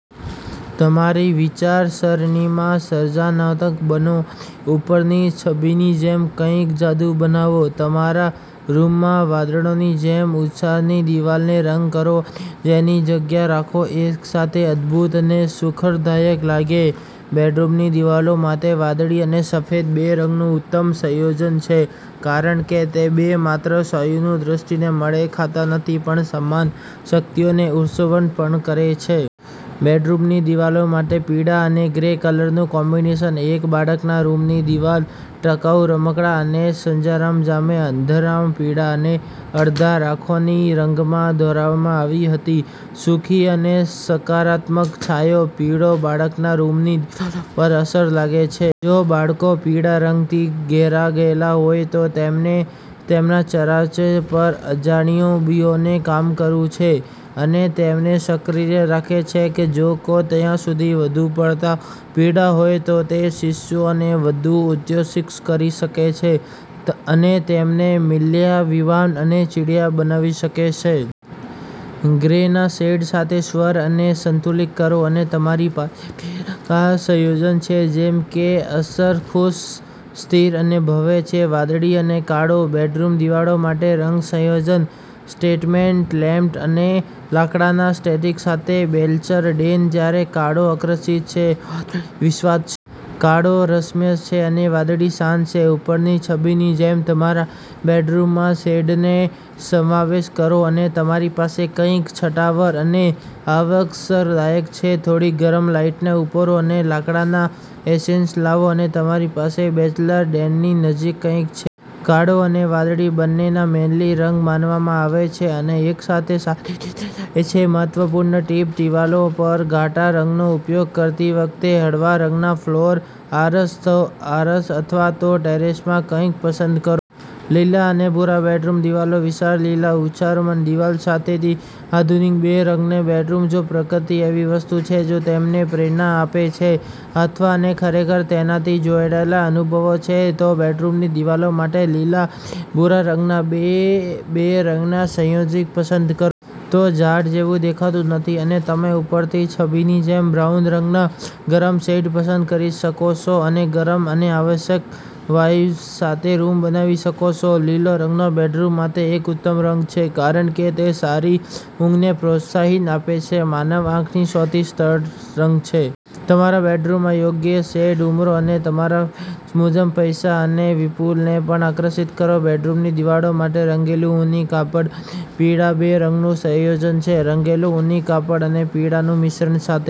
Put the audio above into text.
તમારી વિચારસરણીમાં સર્જનાત્મક બનો અને ઉપરની છબીની જેમ કંઈક જાદુ બનાવો. તમારા રૂમમાં વાદળોની જેમ ઉચ્ચારની દીવાલને રંગ કરો અને એવી જગ્યા રાખો જે એક સાથે અદભૂત અને સુખદાયક લાગે. બેડરૂમની દીવાલો માટે વાદળી અને સફેદ બે રંગનું ઉત્તમ સંયોજન છે, કારણ કે બે માત્ર સૌંદર્યની દૃષ્ટિએ મેળ ખાતા નથી પણ સમાન શક્તિઓનું ઉત્સર્જન પણ કરે છે. બેડરૂમની દિવાલો માટે પીળા અને ગ્રે કલરનું કોમ્બિનેશન એક બાળકના રૂમની દિવાલ ટકાઉ રમકડાં અને સરંજામ સાથે અડધા પીળા અને અડધા રાખોડી રંગમાં દોરવામાં આવી હતી. સુખી અને સકારાત્મક છાંયો, પીળો, બાળકના રૂમની દિવાલો પર સરસ લાગે છે. જો બાળકો પીળા રંગથી ઘેરાયેલા હોય, તો તે તેમના ચયાપચય પર અજાયબીઓનું કામ કરે છે અને તેમને સક્રિય રાખે છે. જો કે, જો ત્યાં વધુ પડતો પીળો હોય, તો તે શિશુઓને વધુ ઉત્તેજિત કરી શકે છે અને તેમને મિથ્યાભિમાન અને ચીડિયા બનાવી શકે છે. ગ્રેના શેડ સાથે સ્વરને સંતુલિત કરો, અને તમારી પાસે બે રંગ સંયોજન છે જે એકસમયે ખુશ, સ્થિર અને ભવ્ય છે. વાદળી અને કાળો બેડરૂમ દિવાલો માટે રંગ સંયોજન સ્ટેટમેન્ટ લેમ્પ અને લાકડાના એસ્ટેટિક્સ સાથે બેચલર ડેન જ્યારે કાળો અધિકૃત છે, વાદળી વિશ્વાસ છે. કાળો રહસ્યમય છે, અને વાદળી શાંત છે. ઉપરની છબીની જેમ તમારા બેડરૂમમાં શેડ્સનો સમાવેશ કરો. અને તમારી પાસે કંઈક છટાદાર અને આવકારદાયક છે. થોડી ગરમ લાઇટો ઉમેરો અને લાકડાના એસેન્સ લાવો, અને તમારી પાસે બેચલર ડેનની નજીક કંઈક છે. કાળો અને વાદળી બંનેને મેનલી રંગ માનવામાં આવે છે અને એકસાથે સારી રીતે જાય છે. મહત્વપૂર્ણ ટીપ દિવાલો પર ઘાટા રંગનો ઉપયોગ કરતી વખતે, હળવા રંગના ફ્લોર, આરસ અથવા તો ટેરાઝોમાં કંઈક પસંદ કરો. લીલા અને ભૂરા બેડરૂમ દિવાલો વિશાળ લીલા ઉચ્ચારણ દિવાલ સાથેનો આધુનિક બે રંગનો બેડરૂમ જો પ્રકૃતિ એવી વસ્તુ છે જે તમને પ્રેરણા આપે છે, અથવા તમે ખરેખર તેનાથી જોડાયેલા અનુભવો છો, તો બેડરૂમની દિવાલો માટે લીલા અને ભૂરા રંગના બે રંગના સંયોજનને પસંદ કરો. તે ઝાડ જેવું દેખાતું નથી. તમે ઉપરની છબીની જેમ બ્રાઉન રંગના ગરમ શેડ્સ પસંદ કરી શકો છો અને ગરમ અને આવકારદાયક વાઇબ્સ સાથે રૂમ બનાવી શકો છો. લીલો રંગ બેડરૂમ માટે એક ઉત્તમ રંગ છે કારણ કે તે સારી ઊંઘને પ્રોત્સાહન આપે છે, માનવ આંખનો સૌથી સરળ રંગ છે. તમારા બેડરૂમમાં યોગ્ય શેડ ઉમેરો, અને તમે ફેંગ શુઇ મુજબ પૈસા અને વિપુલતાને પણ આકર્ષિત કરો. બેડરૂમની દિવાલો માટે રંગેલું ઊની કાપડ અને પીળા બે રંગનું સંયોજન. રંગેલું ઊની કાપડ અને પીળા મિશ્રણ સાથે